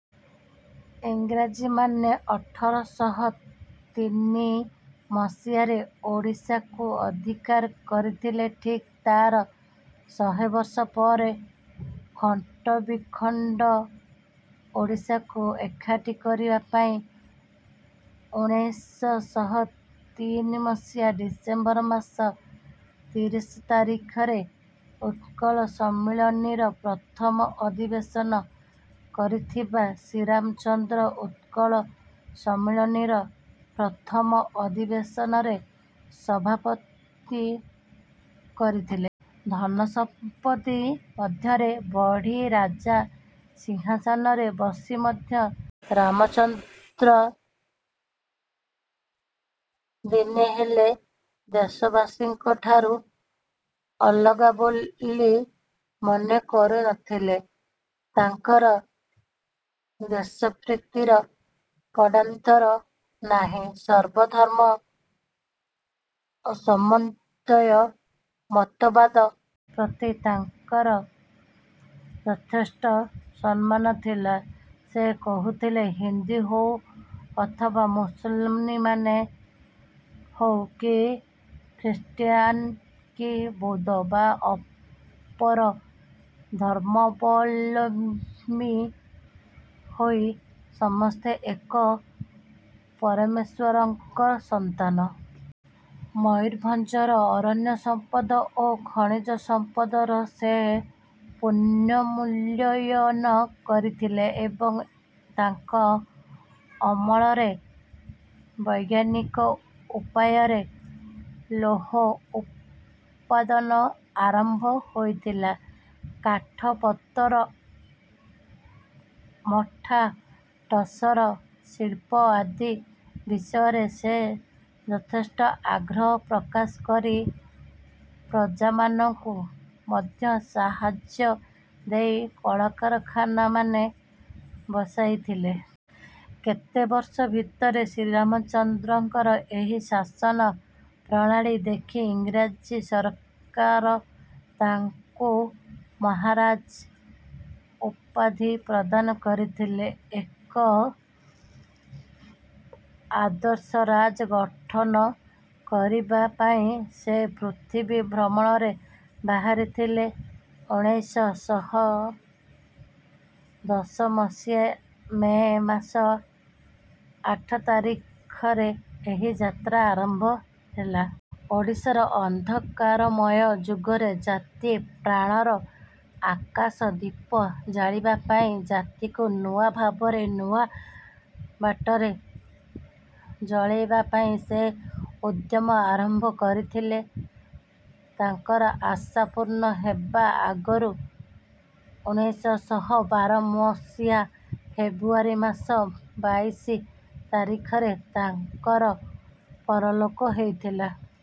ଇଂରେଜମାନେ ଅଠର ଶହ ତିନି ମସିହାରେ ଓଡ଼ିଶାକୁ ଅଧିକାର କରିଥିଲେ। ଠିକ୍ ତାର ଶହେବର୍ଷ ପରେ ଖଣ୍ଡ ବିଖଣ୍ଡିତ ଓଡ଼ିଶାକୁ ଏକାଠି କରିବା ପାଇଁ ଉଣେଇଶ ଶହ ତିନି ମସିହା ଡିସେମ୍ବର ମାସ ତିରିଶ ତାରିଖରେ ଉତ୍କଳ ସମ୍ମିଳନୀର ପ୍ରଥମ ଅଧିବେଶନ ବସିଥିଲା। ଶ୍ରୀରାମ ଚନ୍ଦ୍ର ଉତ୍କଳ ସମ୍ମିଳନୀର ପ୍ରଥମ ଅଧିବେଶନରେ ସଭାପତିତ୍ୱ କରିଥିଲେ। ଧନସମ୍ପଦ ମଧ୍ୟରେ ବଢ଼ି ରାଜ ସିଂହାସନରେ ବସି ମଧ୍ୟ ଶ୍ରୀରାମଚନ୍ଦ୍ର ଦିନେ ହେଲେ ଦେଶବାସୀଙ୍କ ଠାରୁ ଅଲଗା ବୋଲି ମନେ କରୁନଥିଲେ। ତାଙ୍କର ଦେଶପ୍ରୀତିର ପଟ୍ଟାନ୍ତର ନାହିଁ। ସର୍ବଧର୍ମ ସମନ୍ୱୟ ମତବାଦ ପ୍ରତି ତାଙ୍କର ଯଥେଷ୍ଟ ସମ୍ମାନ ଥିଲା। ସେ କହୁଥିଲେ ହିନ୍ଦୁ ହେଉ ଅଥବା ମୁସଲମାନ ହେଉ କି ଖ୍ରୀଷ୍ଟିଆନ କି ବୌଦ୍ଧ ବା ଅପର ଧର୍ମାବଲମ୍ବୀ ହେଉ ସମସ୍ତେ ଏକ ପରମେଶ୍ୱରଙ୍କ ସନ୍ତାନ। ମୟୂରଭଞ୍ଜର ଅରଣ୍ୟ ସମ୍ପଦ ଓ ଖଣିଜ ସମ୍ପଦର ସେ ପୁନର୍ମୂଲ୍ୟାୟନ କରିଥିଲେ ଏବଂ ତାଙ୍କ ଅମଳରେ ବୈଜ୍ଞାନିକ ଉପାୟରେ ଲୌହ ଉତ୍ପାଦନ ଆରମ୍ଭ ହୋଇଥିଲା। କାଠ ପଥର ମଠା ଟସର ଶିଳ୍ପ ଆଦି ବିଷୟରେ ସେ ଯଥେଷ୍ଟ ଆଗ୍ରହ ପ୍ରକାଶ କରି ପ୍ରଜାମାନଙ୍କୁ ଅର୍ଥ ସାହାଯ୍ୟ ଦେଇ କଳକାରଖାନାମାନ ବସାଇଥିଲେ। କେତେ ବର୍ଷ ଭିତରେ ଶ୍ରୀରାମଚନ୍ଦ୍ରଙ୍କର ଏହି ଶାସନ ପ୍ରଣାଳୀ ଦେଖି ଇଂରେଜ ସରକାର ତାଙ୍କୁ ମହାରାଜା ଉପାଧି ପ୍ରଦାନ କରିଥିଲେ। ଏକ ଆଦର୍ଶ ରାଜ୍ୟ ଗଠନ କରିବା ପାଇଁ ସେ ପୃଥିବୀ ଭ୍ରମଣରେ ବାହାରିଥିଲେ। ଉଣେଇଶ ଶହ ଦଶ ମସିହା ମେ ମାସ ଆଠ ତାରିଖରେ ଏହି ଯାତ୍ରା ଆରମ୍ଭ ହେଲା। ଓଡ଼ିଶାର ଅନ୍ଧକାରମୟ ଯୁଗରେ ଜାତି ପ୍ରାଣର ଆଶାର ଦୀପ ଜାଳିବା ପାଇଁ ଜାତିକୁ ନୂଆ ଭାବରେ ନୂଆ ବାଟରେ ଜଳେଇବା ପାଇଁ ସେ ଉଦ୍ୟମ ଆରମ୍ଭ କରିଥିଲେ। ତାଙ୍କର ଆଶା ପୂର୍ଣ୍ଣ ହେବା ଆଗରୁ ଉଣେଇଶ ଶହ ବାର ମସିହା ଫେବୃଆରୀ ମାସ ବାଇଶି ତାରିଖରେ ତାଙ୍କର ପରଲୋକ ହୋଇଥିଲା।